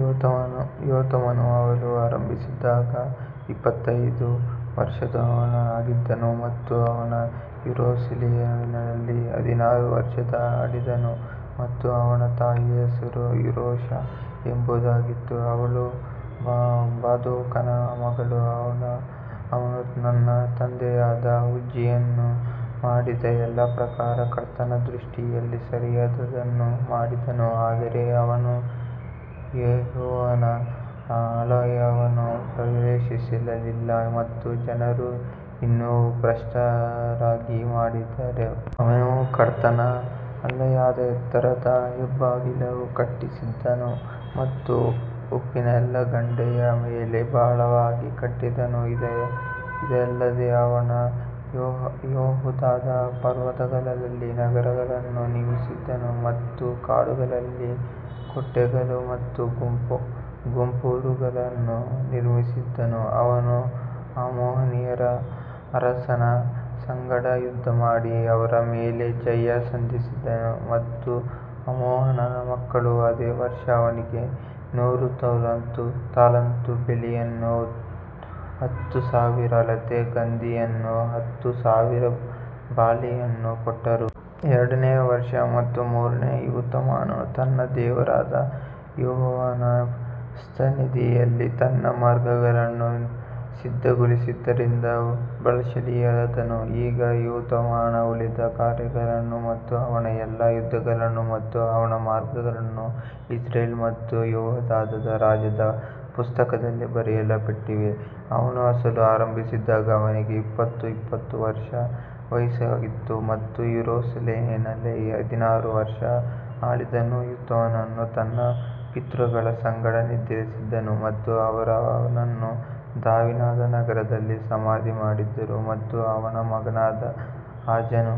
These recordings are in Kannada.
ಯೋತಾಮನು ಆಳಲು ಆರಂಭಿಸಿದಾಗ ಇಪ್ಪತ್ತೈದು ವರುಷದವನಾಗಿದ್ದನು ಮತ್ತು ಅವನು ಯೆರೂಸಲೇಮಿನಲ್ಲಿ ಹದಿನಾರು ವರುಷ ಆಳಿದನು ಮತ್ತು ಅವನ ತಾಯಿಯ ಹೆಸರು ಯೆರೂಷಾ ಎಂಬುದಾಗಿತ್ತು, ಅವಳು ಚಾದೋಕನ ಮಗಳು ಅವನು ತನ್ನ ತಂದೆಯಾದ ಉಜ್ಜೀಯನು ಮಾಡಿದ ಎಲ್ಲಾ ಪ್ರಕಾರ ಕರ್ತನ ದೃಷ್ಟಿಯಲ್ಲಿ ಸರಿಯಾದದ್ದನ್ನು ಮಾಡಿದನು ಆದರೆ ಅವನು ಯೆಹೋವನ ಆಲಯವನ್ನು ಪ್ರವೇಶಿಸಲಿಲ್ಲ ಮತ್ತು ಜನರು ಇನ್ನೂ ಭ್ರಷ್ಟರಾಗಿ ಮಾಡಿದರು. ಅವನು ಕರ್ತನ ಆಲಯದ ಎತ್ತರದ ಹೆಬ್ಬಾಗಿಲನ್ನು ಕಟ್ಟಿಸಿದನು ಮತ್ತು ಓಫೆಲ್ನ ಗೋಡೆಯ ಮೇಲೆ ಬಹಳವಾಗಿ ಕಟ್ಟಿದನು ಇದಲ್ಲದೆ ಅವನು ಯೆಹೂದದ ಪರ್ವತಗಳಲ್ಲಿ ನಗರಗಳನ್ನು ನಿರ್ಮಿಸಿದನು ಮತ್ತು ಕಾಡುಗಳಲ್ಲಿ ಕೋಟೆಗಳು ಮತ್ತು ಗೋಪುರಗಳನ್ನು ನಿರ್ಮಿಸಿದನು ಅವನು ಅಮ್ಮೋನಿಯರ ಅರಸನ ಸಂಗಡ ಯುದ್ಧಮಾಡಿ ಅವರ ಮೇಲೆ ಜಯ ಸಾಧಿಸಿದನು ಮತ್ತು ಅಮ್ಮೋನನ ಮಕ್ಕಳು ಅದೇ ವರ್ಷ ಅವನಿಗೆ ನೂರು ತಲಾಂತು ಬೆಳ್ಳಿಯನ್ನೂ ಹತ್ತು ಸಾವಿರ ಅಳತೆ ಗೋಧಿಯನ್ನೂ ಹತ್ತು ಸಾವಿರ ಬಾರ್ಲಿಯನ್ನೂ ಕೊಟ್ಟರು. ಎರಡನೇ ವರ್ಷ ಮತ್ತು ಮೂರನೇ ಯೋತಾಮನು ತನ್ನ ದೇವರಾದ ಯೆಹೋವನ ಸನ್ನಿಧಿಯಲ್ಲಿ ತನ್ನ ಮಾರ್ಗಗಳನ್ನು ಸಿದ್ಧಗೊಳಿಸಿದ್ದರಿಂದ ಬಲಶಾಲಿಯಾದನು ಈಗ ಯೋತಾಮನ ಉಳಿದ ಕಾರ್ಯಗಳು ಮತ್ತು ಅವನ ಎಲ್ಲಾ ಯುದ್ಧಗಳು ಮತ್ತು ಅವನ ಮಾರ್ಗಗಳು ಇಸ್ರೇಲ್ ಮತ್ತು ಯೆಹೂದದ ರಾಜರ ಪುಸ್ತಕದಲ್ಲಿ ಬರೆಯಲ್ಪಟ್ಟಿವೆ. ಅವನು ಆಳಲು ಆರಂಭಿಸಿದಾಗ ಅವನಿಗೆ ಇಪ್ಪತ್ತು ಇಪ್ಪತ್ತು ವರ್ಷ ವಯಸ್ಸಾಗಿತ್ತು ಮತ್ತು ಯೆರೂಸಲೇಮಿನಲ್ಲಿ ಹದಿನಾರು ವರ್ಷ ಆಳಿದನು ಯೋತಾಮನು ತನ್ನ ಪಿತೃಗಳ ಸಂಗಡ ನಿದ್ರಿಸಿದನು ಮತ್ತು ಅವರು ಅವನನ್ನು ದಾವೀದನ ನಗರದಲ್ಲಿ ಸಮಾಧಿ ಮಾಡಿದರು ಮತ್ತು ಅವನ ಮಗನಾದ ಆಹಾಜನು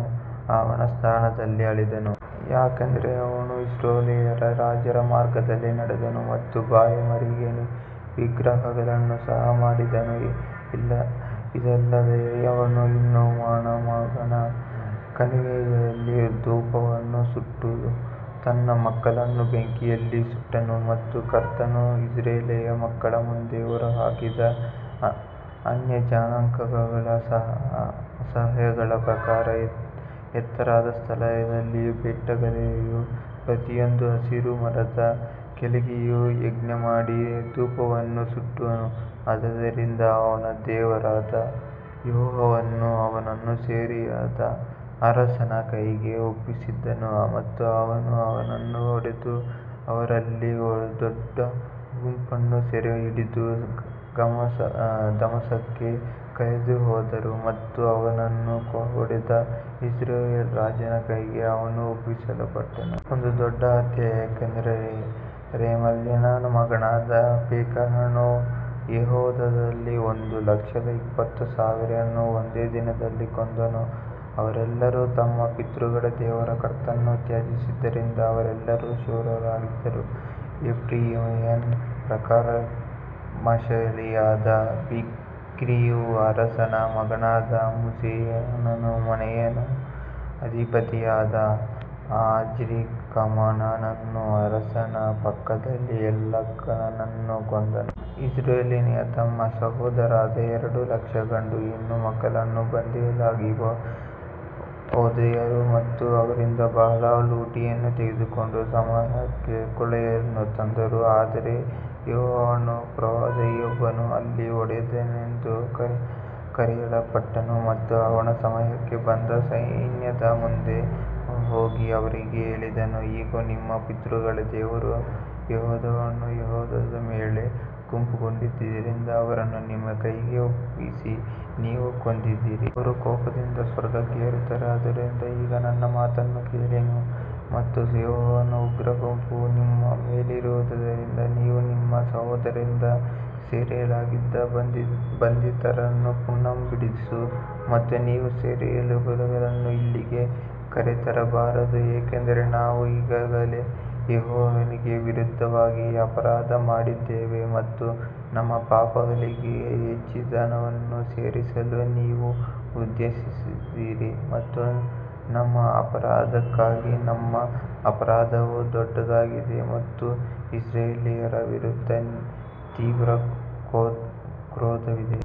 ಅವನ ಸ್ಥಾನದಲ್ಲಿ ಆಳಿದನು. ಯಾಕಂದರೆ ಅವನು ಇಸ್ರಾಯೇಲ್ಯರ ರಾಜರ ಮಾರ್ಗದಲ್ಲಿ ನಡೆದನು ಮತ್ತು ಬಾಲೀಮರಿಗೆ ವಿಗ್ರಹಗಳನ್ನು ಸಹ ಮಾಡಿದನು ಇದಲ್ಲದೆ ಅವನು ಹಿನ್ನೋಮನ ಮಗನ ಕಣಿವೆಯಲ್ಲಿ ಧೂಪವನ್ನು ಸುಟ್ಟು ತನ್ನ ಮಕ್ಕಳನ್ನು ಬೆಂಕಿಯಲ್ಲಿ ಸುಟ್ಟನು ಮತ್ತು ಕರ್ತನು ಇಸ್ರಾಯೇಲ್ ಮಕ್ಕಳ ಮುಂದೆ ಹೊರಹಾಕಿದ ಅನ್ಯಜನಾಂಗಗಳ ಅಸಹ್ಯಗಳ ಪ್ರಕಾರ. ಎತ್ತರದ ಸ್ಥಳಗಳಲ್ಲಿಯೂ ಬೆಟ್ಟಗಳಲ್ಲಿಯೂ ಪ್ರತಿಯೊಂದು ಹಸಿರು ಮರದ ಕೆಳಗೆಯೂ ಯಜ್ಞಮಾಡಿ ಧೂಪವನ್ನು ಸುಟ್ಟನು ಆದದರಿಂದ ಅವನ ದೇವರಾದ ಯೆಹೋವನು ಅವನನ್ನು ಸಿರಿಯಾದ ಅರಸನ ಕೈಗೆ ಒಪ್ಪಿಸಿದನು ಮತ್ತು ಅವರು ಅವನನ್ನು ಹೊಡೆದು ಅವರಲ್ಲಿ ದೊಡ್ಡ ಗುಂಪನ್ನು ಸೆರೆಹಿಡಿದು ದಮಸ್ಕಕ್ಕೆ ಕರೆದೊಯ್ದರು ಮತ್ತು ಅವನನ್ನು ಹೊಡೆದ ಇಸ್ರಾಯೇಲ್ ರಾಜನ ಕೈಗೆ ಅವನು ಒಪ್ಪಿಸಲ್ಪಟ್ಟನು. ಒಂದು ದೊಡ್ಡ ಹತ್ಯೆ ಯಾಕಂದರೆ ರೆಮಲ್ಯನ ಮಗನಾದ ಪೆಕಹನು ಯೆಹೂದದಲ್ಲಿ ಒಂದು ಲಕ್ಷದ ಇಪ್ಪತ್ತು ಸಾವಿರವನ್ನು ಒಂದೇ ದಿನದಲ್ಲಿ ಕೊಂದನು, ಅವರೆಲ್ಲರು ತಮ್ಮ ಪಿತೃಗಳ ದೇವರಾದ ಕರ್ತನನ್ನು ತ್ಯಜಿಸಿದ್ದರಿಂದ ಅವರೆಲ್ಲರೂ ಶೂರರಾಗಿದ್ದರು. ಎಫ್ರಾಯೀಮಿನ ಪರಾಕ್ರಮಶಾಲಿಯಾದ ಜಿಕ್ರಿಯು ಅರಸನ ಮಗನಾದ ಮಾಸೇಯನನ್ನೂ ಮನೆಯ ಅಧಿಪತಿಯಾದ ಅಜ್ರಿಕಾಮನನ್ನೂ ಅರಸನ ಪಕ್ಕದಲ್ಲಿದ್ದ ಎಲ್ಕಾನನನ್ನೂ ಕೊಂದನು. ಇಸ್ರಾಯೇಲ್ಯರು ತಮ್ಮ ಸಹೋದರರಾದ ಎರಡು ಲಕ್ಷ ಗಂಡು ಹೆಣ್ಣು ಮಕ್ಕಳನ್ನು ಬಂಧಿಗಳಾಗಿ ಒಯ್ದರು ಮತ್ತು ಅವರಿಂದ ಬಹಳ ಲೂಟಿಯನ್ನು ತೆಗೆದುಕೊಂಡು ಸಮಾರ್ಯಕ್ಕೆ ಕೊಳ್ಳೆಯನ್ನು ತಂದರು. ಆದರೆ ಯೆಹೋವನ ಪ್ರವಾದಿಯೊಬ್ಬನು ಅಲ್ಲಿ ಓಡೇದನೆಂದು ಕರೆಯಲ್ಪಟ್ಟನು ಮತ್ತು ಅವನು ಸಮಾರ್ಯಕ್ಕೆ ಬಂದ ಸೈನ್ಯದ ಮುಂದೆ ಹೋಗಿ ಅವರಿಗೆ ಹೇಳಿದನು, ಇಗೋ, ನಿಮ್ಮ ಪಿತೃಗಳ ದೇವರಾದ ಯೆಹೋವನು ಯೆಹೂದದ ಮೇಲೆ ಕೋಪಗೊಂಡಿದ್ದರಿಂದ ಅವರನ್ನು ನಿಮ್ಮ ಕೈಗೆ ಒಪ್ಪಿಸಿ ನೀವು ಕೊಂದಿದ್ದೀರಿ. ಅವರು ಕೋಪದಿಂದ ಸ್ವರ್ಗಕ್ಕೆ ಏರುತ್ತಾರೆ ಆದುದರಿಂದ ಈಗ ನನ್ನ ಮಾತನ್ನು ಕೇಳಿ ಮತ್ತು ಯೆಹೋವನ ಉಗ್ರ ಕೋಪವು ನಿಮ್ಮ ಮೇಲಿರುವದರಿಂದ ನೀವು ನಿಮ್ಮ ಸಹೋದರರಿಂದ ಸೆರೆಯಾಳಾಗಿದ್ದ ಬಂಧಿತರನ್ನು ಪುನಃ ಬಿಡಿಸು. ಮತ್ತು ನೀವು ಸೆರೆಯಾಳುಗಳನ್ನು ಇಲ್ಲಿಗೆ ಕರೆತರಬಾರದು, ಏಕೆಂದರೆ ನಾವು ಈಗಾಗಲೇ ಯೆಹೋವನಿಗೆ ವಿರುದ್ಧವಾಗಿ ಅಪರಾಧ ಮಾಡಿದ್ದೇವೆ ಮತ್ತು ನಮ್ಮ ಪಾಪಗಳಿಗೆ ಹೆಚ್ಚಿನದನ್ನು ಸೇರಿಸಲು ನೀವು ಉದ್ದೇಶಿಸಿದ್ದೀರಿ ಮತ್ತು ನಮ್ಮ ಅಪರಾಧಕ್ಕಾಗಿ ನಮ್ಮ ಅಪರಾಧವು ದೊಡ್ಡದಾಗಿದೆ ಮತ್ತು ಇಸ್ರಾಯೇಲ್ಯರ ವಿರುದ್ಧ ತೀವ್ರ ಕ್ರೋಧವಿದೆ.